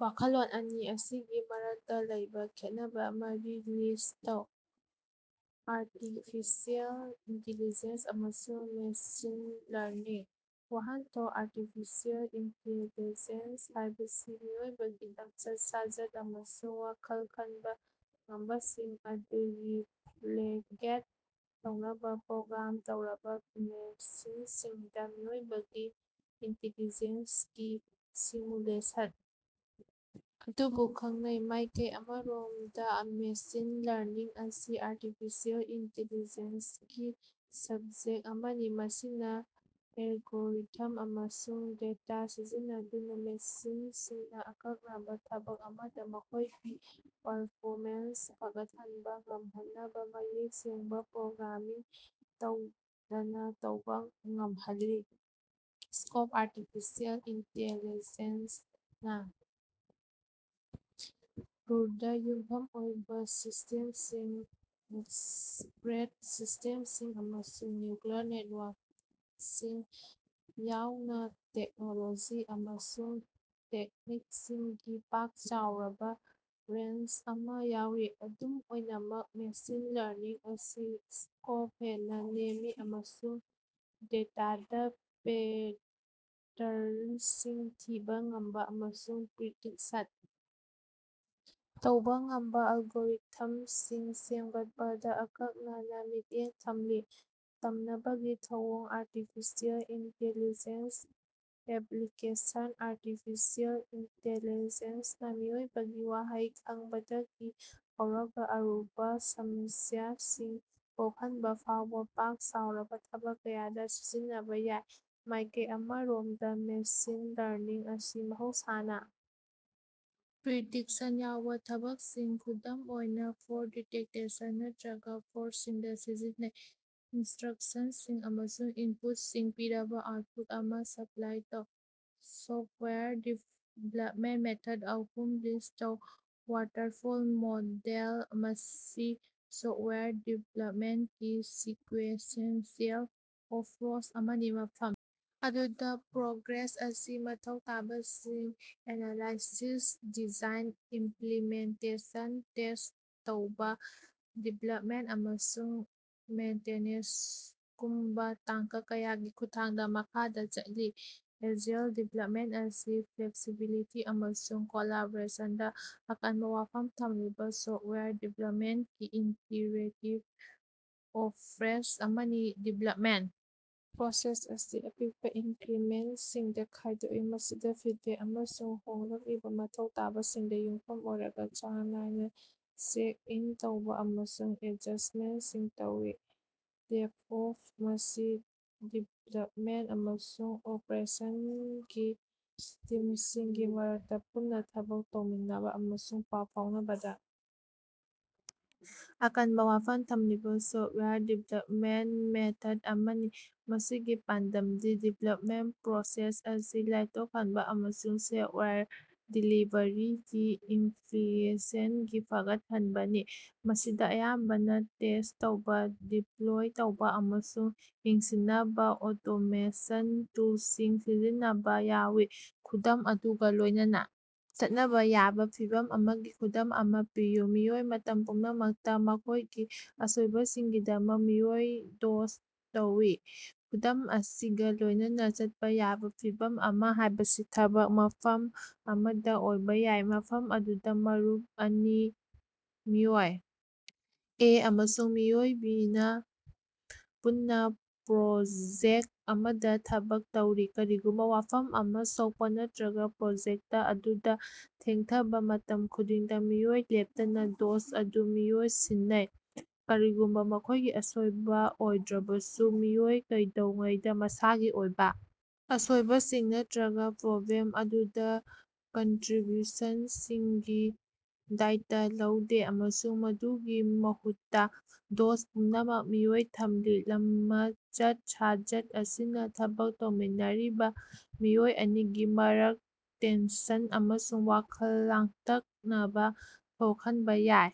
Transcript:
ꯋꯥꯈꯜꯂꯣꯟ ꯑꯅꯤ ꯑꯁꯤꯒꯤ ꯃꯔꯛꯇ ꯂꯩꯕꯥ ꯈꯦꯠꯅꯕ ꯃꯔꯤ ꯂꯤꯁ꯭ꯠ ꯇꯧ꯫ ꯑꯥꯔꯇꯤꯐꯤꯁꯤꯑꯦꯜ ꯏꯟꯇꯦꯂꯤꯖꯦꯟꯁ ꯑꯃꯁꯨꯡ ꯃꯦꯁꯤꯟ ꯂꯔꯅꯤꯡ꯫ ꯋꯥꯍꯟꯊꯣꯛ: ꯑꯥꯔꯇꯤꯐꯤꯁꯤꯑꯦꯜ ꯏꯟꯇꯦꯂꯤꯖꯦꯟꯁ ꯍꯥꯏꯕꯁꯤ ꯃꯤꯑꯣꯏꯕꯒꯤ ꯂꯝꯆꯠ-ꯁꯥꯖꯠ ꯑꯃꯁꯨꯡ ꯋꯥꯈꯜ ꯈꯟꯕ ꯉꯝꯕꯁꯤꯡ ꯑꯗꯨ ꯔꯤꯄꯂꯤꯀꯦꯠ ꯇꯧꯅꯕ ꯄ꯭ꯔꯣꯒ꯭ꯔꯥꯝ ꯇꯧꯔꯕ ꯃꯦꯁꯤꯟꯁꯤꯡꯗ ꯃꯤꯑꯣꯏꯕꯒꯤ ꯏꯟꯇꯦꯂꯤꯖꯦꯟꯁꯀꯤ ꯁꯤꯃꯨꯂꯦꯁꯟ ꯑꯗꯨꯕꯨ ꯈꯪꯅꯩ꯫ ꯃꯥꯏꯀꯩ ꯑꯃꯔꯣꯝꯗ, ꯃꯦꯁꯤꯟ ꯂꯔꯅꯤꯡ ꯑꯁꯤ ꯑꯥꯔꯇꯤꯐꯤꯁꯤꯑꯦꯜ ꯏꯟꯇꯦꯂꯤꯖꯦꯟꯁꯒꯤ ꯁꯕꯁ‌ꯦꯠ ꯑꯃꯅꯤ, ꯃꯁꯤꯅ ꯑꯦꯜꯒꯣꯔꯤꯊꯝ ꯑꯃꯁꯨꯡ ꯗꯦꯇꯥ ꯁꯤꯖꯤꯟꯅꯗꯨꯅ ꯃꯦꯁꯤꯟꯁꯤꯡꯅ ꯑꯀꯛꯅꯕ ꯊꯕꯛ ꯑꯃꯗ ꯃꯈꯣꯏꯒꯤ ꯄꯔꯐꯣꯃꯦꯟꯁ ꯐꯒꯠꯍꯟꯕ ꯉꯝꯍꯟꯅꯕ ꯃꯌꯦꯛ ꯁꯦꯡꯕ ꯄ꯭ꯔꯣꯒ꯭ꯔꯥꯃꯤꯡ ꯇꯧꯗꯅ ꯇꯧꯕ ꯉꯝꯍꯜꯂꯤ꯫ ꯁ꯭ꯀꯣꯞ: ꯑꯥꯔꯇꯤꯐꯤꯁꯤꯑꯦꯜ ꯏꯟꯇꯦꯂꯤꯖꯦꯟꯁꯑꯦꯅꯥ ꯔꯨꯜꯗ ꯌꯨꯝꯐꯝ ꯑꯣꯏꯕ ꯁꯤꯁ꯭ꯇꯦꯝꯁꯤꯡ, ꯑꯦꯛꯁꯄꯔꯠ ꯁꯤꯁ꯭ꯇꯦꯝꯁꯤꯡ, ꯑꯃꯁꯨꯡ ꯅ꯭ꯌꯨꯔꯜ ꯅꯦꯇꯋꯥꯔꯛꯁꯤꯡ ꯌꯥꯎꯅ ꯇꯦꯛꯅꯣꯂꯣꯖꯤ ꯑꯃꯁꯨꯡ ꯇꯦꯛꯅꯤꯛꯁꯤꯡꯒꯤ ꯄꯥꯛ ꯆꯥꯎꯔꯕ ꯔꯦꯟꯖ ꯑꯃ ꯌꯥꯎꯔꯤ꯫ ꯑꯗꯨꯝ ꯑꯣꯏꯅꯃꯛ, ꯃꯦꯁꯤꯟ ꯂꯔꯅꯤꯡ ꯑꯁꯤ ꯁ꯭ꯀꯣꯞꯇ ꯍꯦꯟꯅ ꯅꯦꯝꯃꯤ ꯑꯃꯁꯨꯡ ꯗꯦꯇꯥꯗ ꯄꯦꯇꯔꯟꯁꯤꯡ ꯊꯤꯕ ꯉꯝꯕ ꯑꯃꯁꯨꯡ ꯄ꯭ꯔꯤꯗꯤꯛꯁꯟ ꯇꯧꯕ ꯉꯝꯕ ꯑꯦꯜꯒꯣꯔꯤꯊꯝꯁꯤꯡ ꯁꯦꯝꯒꯠꯄꯗ ꯑꯀꯛꯅꯅ ꯃꯤꯠꯌꯦꯡ ꯊꯝꯂꯤ꯫ ꯇꯝꯅꯕꯒꯤ ꯊꯧꯑꯣꯡ: ꯑꯥꯔꯇꯤꯐꯤꯁꯤꯑꯦꯜ ꯏꯟꯇꯦꯂꯤꯖꯦꯟꯁ ꯑꯦꯄ꯭ꯂꯤꯀꯦꯁꯟ: ꯑꯥꯔꯇꯤꯐꯤꯁꯤꯑꯦꯜ ꯏꯟꯇꯦꯂꯤꯖꯦꯟꯁꯅꯥ ꯃꯤꯑꯣꯏꯕꯒꯤ ꯋꯥꯍꯩ ꯈꯪꯕꯗꯒꯤ ꯍꯧꯔꯒ ꯑꯔꯨꯕ ꯁꯃꯁ꯭ꯌꯥꯁꯤꯡ ꯀꯣꯛꯍꯟꯕꯐꯥꯎꯕ ꯄꯥꯛ ꯆꯥꯎꯔꯕ ꯊꯕꯛ ꯀꯌꯥꯗ ꯁꯤꯖꯤꯟꯅꯕ ꯌꯥꯏ꯫ ꯃꯥꯏꯀꯩ ꯑꯃꯔꯣꯝꯗ, ꯃꯦꯁꯤꯟ ꯂꯔꯅꯤꯡ ꯑꯁꯤ ꯃꯍꯧꯁꯥꯅ ꯄ꯭ꯔꯤꯗꯤꯛꯁꯟ ꯌꯥꯎꯕ ꯊꯕꯛꯁꯤꯡ, ꯈꯨꯗꯝ ꯑꯣꯏꯅ ꯐ꯭ꯔꯣꯗ ꯗꯤꯇꯦꯛꯇꯦꯁꯟ ꯅꯠꯇꯔꯒ ꯐꯣꯔꯀꯥꯁ꯭ꯇꯤꯡꯗ ꯁꯤꯖꯤꯟꯅꯩ꯫ ꯏꯟꯁ꯭ꯇꯔꯛꯁꯟꯁꯤꯡ ꯑꯃꯁꯨꯡ ꯏꯟꯄꯨꯠꯁꯤꯡ ꯄꯤꯔꯕ ꯑꯥꯎꯠꯄꯨꯠ ꯑꯗꯨ ꯁꯄꯂꯥꯏ ꯇꯧ꯫ ꯁꯣꯐꯠꯋꯥꯌꯔ ꯗꯤꯚꯦꯂꯞꯃꯦꯟ ꯃꯦꯊꯠ ꯑꯍꯨꯝ ꯂꯤꯁ꯭ꯠ ꯇꯧ꯫ ꯋꯥꯇꯔꯐꯣꯜ ꯃꯣꯗꯦꯜ: ꯃꯁꯤ ꯁꯣꯐꯋꯦꯌꯔ ꯗꯤꯕꯦꯂꯞꯃꯦꯟꯠꯀꯤ ꯁꯤꯀꯨꯑꯦꯟꯁꯤꯑꯦꯜ ꯑꯦꯄꯔꯣꯆ ꯑꯃꯅꯤ, ꯃꯐꯝ ꯑꯗꯨꯗ ꯄ꯭ꯔꯣꯒ꯭ꯔꯦꯁ ꯑꯁꯤ ꯃꯊꯧ ꯇꯥꯕꯁꯤꯡ ꯑꯦꯅꯥꯂꯥꯏꯁꯤꯁ, ꯗꯤꯖꯥꯏꯟ, ꯏꯝꯄꯂꯤꯃꯦꯟꯇꯦꯁꯟ, ꯇꯦꯁ꯭ꯠ ꯇꯧꯕ, ꯗꯤꯄꯂꯣꯏꯃꯦꯟꯠ, ꯑꯃꯁꯨꯡ ꯃꯦꯟꯇꯦꯅꯦꯟꯁꯒꯨꯝꯕ ꯇꯥꯡꯀꯛ ꯀꯌꯥꯒꯤ ꯈꯨꯠꯊꯥꯡꯗ ꯃꯈꯥꯗ ꯆꯠꯂꯤ꯫ ꯑꯦꯖꯤꯜ ꯗꯤꯕꯦꯂꯞꯃꯦꯟꯠ: ꯃꯁꯤ ꯐ꯭ꯂꯦꯛꯁꯤꯕꯤꯂꯤꯇꯤ ꯑꯃꯁꯨꯡ ꯀꯣꯂꯥꯕꯣꯔꯦꯁꯟꯗ ꯑꯀꯟꯕ ꯋꯥꯐꯝ ꯊꯝꯂꯤꯕ ꯁꯣꯐꯋꯦꯌꯔ ꯗꯤꯕꯦꯂꯞꯃꯦꯟꯠꯀꯤ ꯏꯇꯤꯔꯦꯇꯤꯕ ꯑꯦꯄꯔꯣꯆ ꯑꯃꯅꯤ꯫ ꯗꯤꯕꯦꯂꯞꯃꯦꯟꯠ ꯄ꯭ꯔꯣꯁꯦꯁ ꯑꯁꯤ ꯑꯄꯤꯛꯄ ꯏꯟꯀꯔꯤꯃꯦꯟꯁꯤꯡꯗ ꯈꯥꯏꯗꯣꯛꯏ, ꯃꯁꯤꯗ ꯐꯤꯗꯕꯦꯛ ꯑꯃꯁꯨꯡ ꯍꯣꯡꯂꯛꯂꯤꯕ ꯃꯊꯧ ꯇꯥꯕꯁꯤꯡꯗ ꯌꯨꯝꯐꯝ ꯑꯣꯏꯔꯒ ꯆꯥꯡ ꯅꯥꯏꯅ ꯆꯦꯛ-ꯏꯟ ꯇꯧꯕ ꯑꯃꯁꯨꯡ ꯑꯦꯗꯖꯁ꯭ꯇꯃꯦꯟꯇꯁꯤꯡ ꯇꯧꯏ꯫ ꯗꯦꯕꯑꯣꯞꯁ: ꯃꯁꯤ ꯗꯤꯕꯦꯂꯞꯃꯦꯟꯠ ꯑꯃꯁꯨꯡ ꯑꯣꯄꯔꯦꯁꯟꯒꯤ ꯇꯤꯝꯁꯤꯡꯒꯤ ꯃꯔꯛꯇ ꯄꯨꯟꯅ ꯊꯕꯛ ꯇꯧꯃꯤꯟꯅꯕ ꯑꯃꯁꯨꯡ ꯄꯥꯎ ꯐꯥꯎꯅꯕꯗ ꯑꯀꯟꯕ ꯋꯥꯐꯝ ꯊꯝꯂꯤꯕ ꯁꯣꯐꯋꯦꯌꯔ ꯗꯤꯕꯦꯂꯞꯃꯦꯟꯠ ꯃꯦꯊꯗ ꯑꯃꯅꯤ, ꯃꯁꯤꯒꯤ ꯄꯥꯟꯗꯝꯗꯤ ꯗꯤꯕꯦꯂꯞꯃꯦꯟꯇ ꯄ꯭ꯔꯣꯁꯦꯁ ꯑꯁꯤ ꯂꯥꯏꯊꯣꯛꯍꯟꯕ ꯑꯃꯁꯨꯡ ꯁꯣꯐꯋꯦꯌꯔ ꯗꯦꯂꯤꯕꯔꯤꯒꯤ ꯏꯐꯤꯁꯤꯑꯦꯟꯁꯤ ꯐꯒꯠꯍꯟꯕꯅꯤ꯫ ꯃꯁꯤꯗ ꯑꯌꯥꯝꯕꯅ ꯇꯦꯁ꯭ꯠ ꯇꯧꯕ, ꯗꯤꯄꯂꯣꯏ ꯇꯧꯕ ꯑꯃꯁꯨꯡ ꯌꯦꯡꯁꯤꯟꯅꯕ ꯑꯣꯇꯣꯃꯦꯁꯟ ꯇꯨꯜꯁꯤꯡ ꯁꯤꯖꯤꯟꯅꯕ ꯌꯥꯎꯏ꯫ ꯈꯨꯗꯝ ꯑꯗꯨꯒ ꯂꯣꯏꯅꯅꯥ ꯆꯠꯅꯕ ꯌꯥꯕ ꯐꯤꯚꯝ ꯑꯃꯒꯤ ꯈꯨꯗꯝ ꯑꯃ ꯄꯤꯌꯨ꯫ ꯃꯤꯑꯣꯏ ꯃꯇꯝ ꯄꯨꯝꯅꯃꯛꯇ ꯃꯈꯣꯏꯒꯤ ꯑꯁꯣꯏꯕꯁꯤꯡꯒꯤꯗꯃꯛ ꯃꯤꯑꯣꯏ ꯗꯣꯁ ꯇꯧꯏ꯫ ꯈꯨꯗꯝ ꯑꯁꯤꯒ ꯂꯣꯏꯅꯅ ꯆꯠꯄ ꯌꯥꯕ ꯐꯤꯚꯝ ꯑꯃꯥ ꯍꯥꯏꯕꯁꯤ ꯊꯕꯛ ꯃꯐꯝ ꯑꯃꯗ ꯑꯣꯏꯕ ꯌꯥꯏ, ꯃꯐꯝ ꯑꯗꯨꯗ ꯃꯔꯨꯞ ꯑꯅꯤ, ꯃꯤꯑꯣꯏ ꯑꯦ ꯑꯃꯁꯨꯡ ꯃꯤꯑꯣꯏ ꯕꯤꯅ ꯄꯨꯟꯅ ꯄ꯭ꯔꯣꯖꯦꯛ ꯑꯃꯗ ꯊꯕꯛ ꯇꯧꯔꯤ꯫ ꯀꯔꯤꯒꯨꯝꯕ ꯋꯥꯐꯝ ꯑꯃꯥ ꯁꯣꯛꯄ ꯅꯠꯇꯔꯒ ꯄ꯭ꯔꯣꯖꯦꯛꯇ ꯑꯗꯨꯗ ꯊꯦꯡꯊꯕ ꯃꯇꯝ ꯈꯨꯗꯤꯡꯗ, ꯃꯤꯑꯣꯏ ꯂꯦꯞꯇꯅ ꯗꯣꯁ ꯑꯗꯨ ꯃꯤꯑꯣꯏ ꯁꯤꯟꯅꯩ, ꯀꯔꯤꯒꯨꯝꯕ ꯃꯈꯣꯏꯒꯤ ꯑꯁꯣꯏꯕ ꯑꯣꯏꯗ꯭ꯔꯕꯁꯨ꯫ ꯃꯤꯑꯣꯏ ꯀꯩꯗꯧꯉꯩꯗꯥ ꯃꯁꯥꯒꯤ ꯑꯣꯏꯕ ꯑꯁꯣꯏꯕꯁꯤꯡ ꯅꯠꯇꯔꯒ ꯄ꯭ꯔꯣꯕ꯭ꯂꯦꯝ ꯑꯗꯨꯗ ꯀꯟꯇꯔꯤꯕ꯭ꯌꯨꯁꯟꯁꯤꯡꯒꯤ ꯗꯥꯏꯇꯕ ꯂꯧꯗꯦ, ꯑꯃꯁꯨꯡ ꯃꯗꯨꯒꯤ ꯃꯍꯨꯠꯇ ꯗꯣꯁ ꯄꯨꯝꯅꯃꯛ ꯃꯤꯑꯣꯏ ꯊꯝꯃꯤ, ꯂꯃꯆꯠ-ꯁꯥꯖꯠ ꯑꯁꯤꯅ ꯊꯕꯛ ꯇꯧꯃꯤꯟꯅꯔꯤꯕ ꯃꯤꯑꯣꯏ ꯑꯅꯤꯒꯤ ꯃꯔꯛ ꯇꯦꯟꯁꯟ ꯑꯃꯁꯨꯡ ꯋꯥꯈꯜ ꯂꯥꯡꯇꯛꯅꯕ ꯊꯣꯛꯍꯟꯕ ꯌꯥꯏ꯫